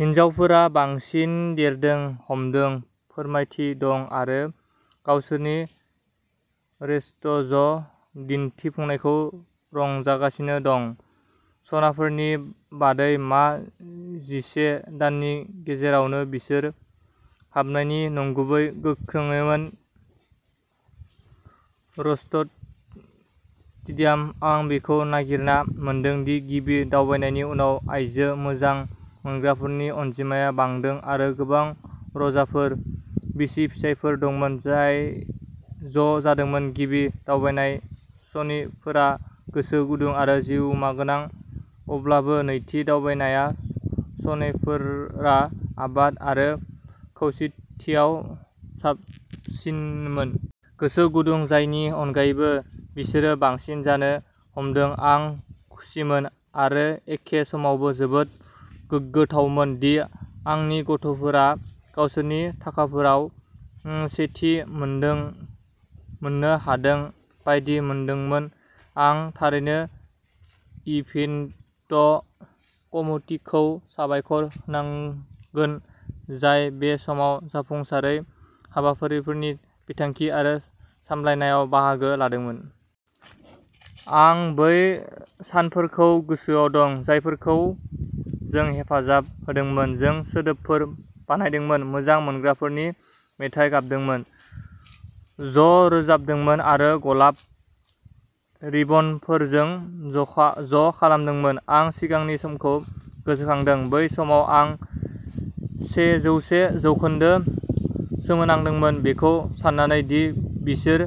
हिनजावफोरा बांसिन देरनो हमदों, फोरमायथि दं आरो गावसोरनि स्टेज दिन्थिफुंनायखौ रंजागासिनो दं, स'नफोरनि बादै मा? जिसे दाननि गेजेरावनो, बिसोर हाबनायाव नैगुन गोख्रैमोन। स्टेडियाम आं बेखौबो नागिरना मोनदों दि गिबि दावबायनायनि उनाव आइजो मोजां मोनग्राफोरनि अनजिमाया बांदों आरो गोबां जराफोर बिसि-फिसायफोर दंमोन जाय ज'जादोंमोन गिबि दावबायनायाव स'नेफोरा गोसो गुदुं आरो जिउगोनांमोन अब्लाबो नैथि दावबायनायाव स'नेफोरा आफाद आरो खौसेथियाव साबसिनमोन। गोसो गुदुं जानायनि अनगायैबो बिसोरो बांसिन जानो हमदोंमोन। आं खुसिमोन आरो एखे समावनो जोबोद गोग्गाथावमोन दि आंनि गथ'फोरा गावसोरनि थाखोफोराव सेथि मोननो हादों बायदि मोनदोंमोन आं थारैनो इभेन्ट कमिटि'खौ साबायखर होनांगोन जाय बे समाव जाफुंसारै हाबाफारिफोरनि बिथांखि आरो सालायनायाव बाहागो लादोंमोन। आं बै सानफोरखौ गोसोआव दं, जायफोरखौ जों हेफाजाब होदोंमोन जों सोदोबफोर बानायदोंमोन, मोजां मोनग्राफोरनि मेथाइ गाबदोंमोन, ज'रोजाबदोंमोन आरो गलाब रिबनफोरखौ ज'खालामदोंमोन। आं सिगांनि समखौ गोसोखांदों। बै समाव, आं सेजौसे जौखोन्दो सोमोनांदोंमोन, बेखौ सान्नानै दि बिसोर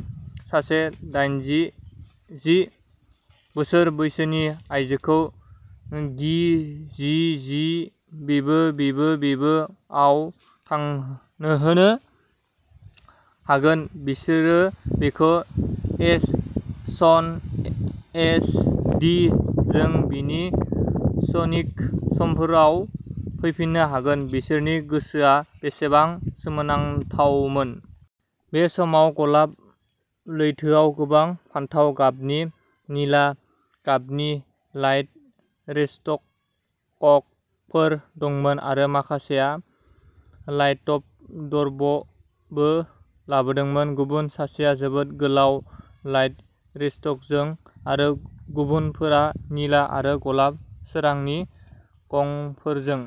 सासे दायेनजि बोसोर बैसोनि आयजोखौ gee gee gee baby baby baby आव थांहोनो हागोन, बिसोरो बिखौ एस सन एस डि जों बिनि सनिक समफोराव फैफिननो हागोन बिसोरनि गोहोआ बेसेबां सोमोनांथावमोन? बे समाव गलाब लैथोआव गोबां फान्थाव गाबनि, निला गाबनि लाइट स्टिकफोर दंमोन आरो माखासेआ लाइटब'र्डबो लाबोदोंमोन। गुबुन सासेआ जोबोद गोलाव लाइट स्टिकजों आरो गुबुनफोरा निला आरो गलाब सोरांनि गंफोरजों।